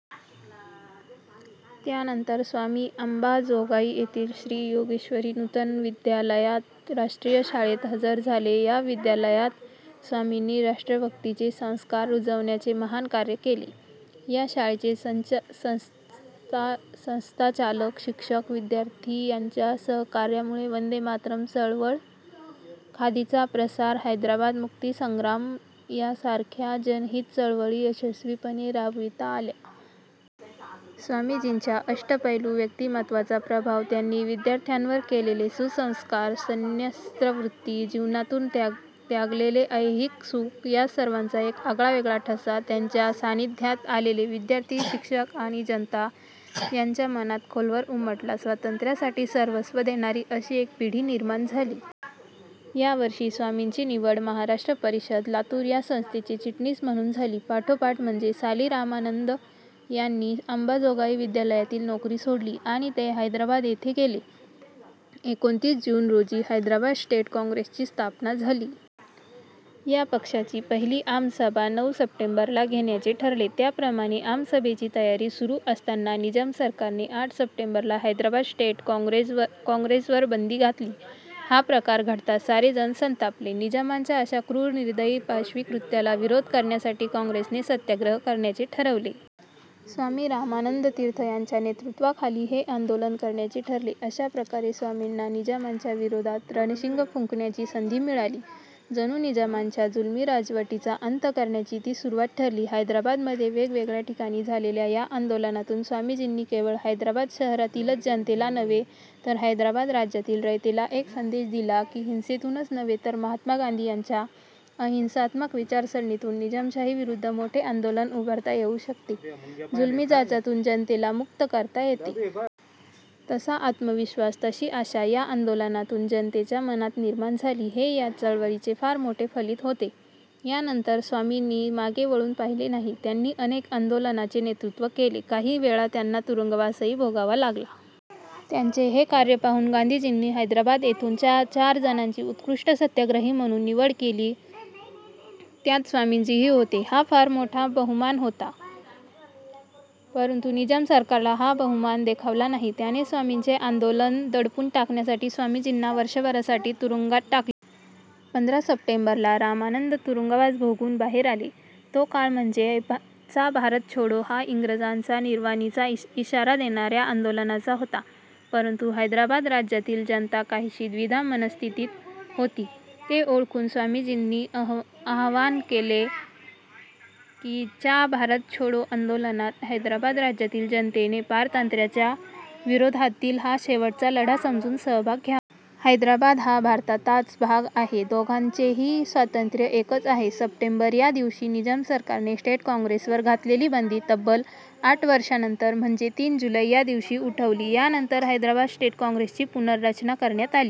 त्यानंतर स्वामी अंबाजोगाई येथील श्री योगेश्वरी नूतन विद्यालयात राष्ट्रीय शाळेत हजर झाले. या विद्यालयात स्वामींनी राष्ट्रभक्तीचे संस्कार रुजविण्याचे महान कार्य केले. या शाळेचे संस्थाचालक, शिक्षक, विद्यार्थी यांच्या सहकार्यामुळे वंदे मातरम् चळवळ, खादीचा प्रसार, हैदराबाद मुक्तीसंग्राम यासारख्या जनहित चळवळी यशस्वीपणे राबविता आल्या. स्वामीजींच्या अष्टपैलू व्यक्तिमत्त्वाचा प्रभाव, त्यांनी विद्यार्थ्यांवर केलेले सुसंस्कार, संन्यस्तवृत्ती, जीवनातून त्यागलेले ऐहिक सुख या सर्वांचा एक आगळावेगळा ठसा त्यांच्या सान्निध्यात आलेले विद्यार्थी, शिक्षक आणि जनता यांच्या मनात खोलवर उमटला. स्वातंत्र्यासाठी सर्वस्व देणारी अशी एक पिढी निर्माण झाली. यावर्षी स्वामींची निवड महाराष्ट्र परिषद, लातूर या संस्थेचे चिटणीस म्हणून झाली. पाठोपाठ म्हणजे साली रामानंद यांनी अंबाजोगाई विद्यालयातील नोकरी सोडली आणि ते हैदराबाद येथे गेले. एकोणतीस जून रोजी हैदराबाद स्टेट काँग्रेसची स्थापना झाली. या पक्षाची पहिली आमसभा नऊ सप्टेंबरला घेण्याचे ठरले. त्याप्रमाणे आमसभेची तयारी सुरू असताना निजाम सरकारने आठ सप्टेंबरला हैदराबाद स्टेट काँग्रेसवर बंदी घातली. हा प्रकार घडताच सारे जण संतापले. निजामाच्या अशा क्रूर, निर्दयी, पाशवी कृत्याला विरोध करण्यासाठी काँग्रेसने सत्याग्रह करण्याचे ठरवले. स्वामी रामानंद तीर्थ यांच्या नेतृत्वाखाली हे आंदोलन करण्याचे ठरले. अशाप्रकारे स्वामींना निजामाच्या विरोधात रणशिंग फुंकण्याची संधी मिळाली. जणू निजामाच्या जुलमी राजवटीचा अंत करण्याची ती सुरुवात ठरली. हैदराबादमध्ये वेगवेगळ्या ठिकाणी झालेल्या या आंदोलनातून स्वामीजींनी केवळ हैदराबाद शहरातीलच जनतेला नव्हे, तर हैदराबाद राज्यातील रयतेला एक संदेश दिला की, हिंसेतूनच नव्हे तर महात्मा गांधी यांच्या अहिंसात्मक विचारसरणीतून निजामशाहीविरुद्ध मोठे आंदोलन उभारता येऊ शकते, जुलमी जाचातून जनतेला मुक्त करता येते. तसा आत्मविश्वास, तशी आशा या आंदोलनातून जनतेच्या मनात निर्माण झाली, हे या चळवळीचे फार मोठे फलित होते. यानंतर स्वामींनी मागे वळून पाहिले नाही. त्यांनी अनेक आंदोलनाचे नेतृत्व केले. काही वेळा त्यांना तुरुंगवासही भोगावा लागला. त्यांचे हे कार्य पाहून गांधीजींनी हैदराबाद येथून ज्या चार जणांची उत्कृष्ट सत्याग्रही म्हणून निवड केली, त्यात स्वामीजीही होते. हा फार मोठा बहुमान होता, परंतु निजाम सरकारला हा बहुमान देखवला नाही. त्याने स्वामींचे आंदोलन दडपून टाकण्यासाठी स्वामीजींना वर्षभरासाठी तुरुंगात टाकले. पंधरा सप्टेंबरला रामानंद तुरुंगवास भोगून बाहेर आले. तो काळ म्हणजे चा भारत छोडो हा इंग्रजांना निर्वाणीचा इशारा देणाऱ्या आंदोलनाचा होता, परंतु हैदराबाद राज्यातील जनता काहीशी द्विधा मनःस्थितीत होती. ते ओळखून स्वामीजींनी आवाहन केले की, च्या भारत छोडो आंदोलनात हैदराबाद राज्यातील जनतेने पारतंत्र्याच्या विरोधातील हा शेवटचा लढा समजून सहभाग घ्यावा. हैदराबाद हा भारताताच भाग आहे. दोघांचेही स्वातंत्र्य एकच आहे. सप्टेंबर या दिवशी निजाम सरकारने स्टेट काँग्रेसवर घातलेली बंदी तब्बल आठ वर्षांनंतर म्हणजे तीन जुलै या दिवशी उठवली. यानंतर हैदराबाद स्टेट काँग्रेसची पुनर्रचना करण्यात आली.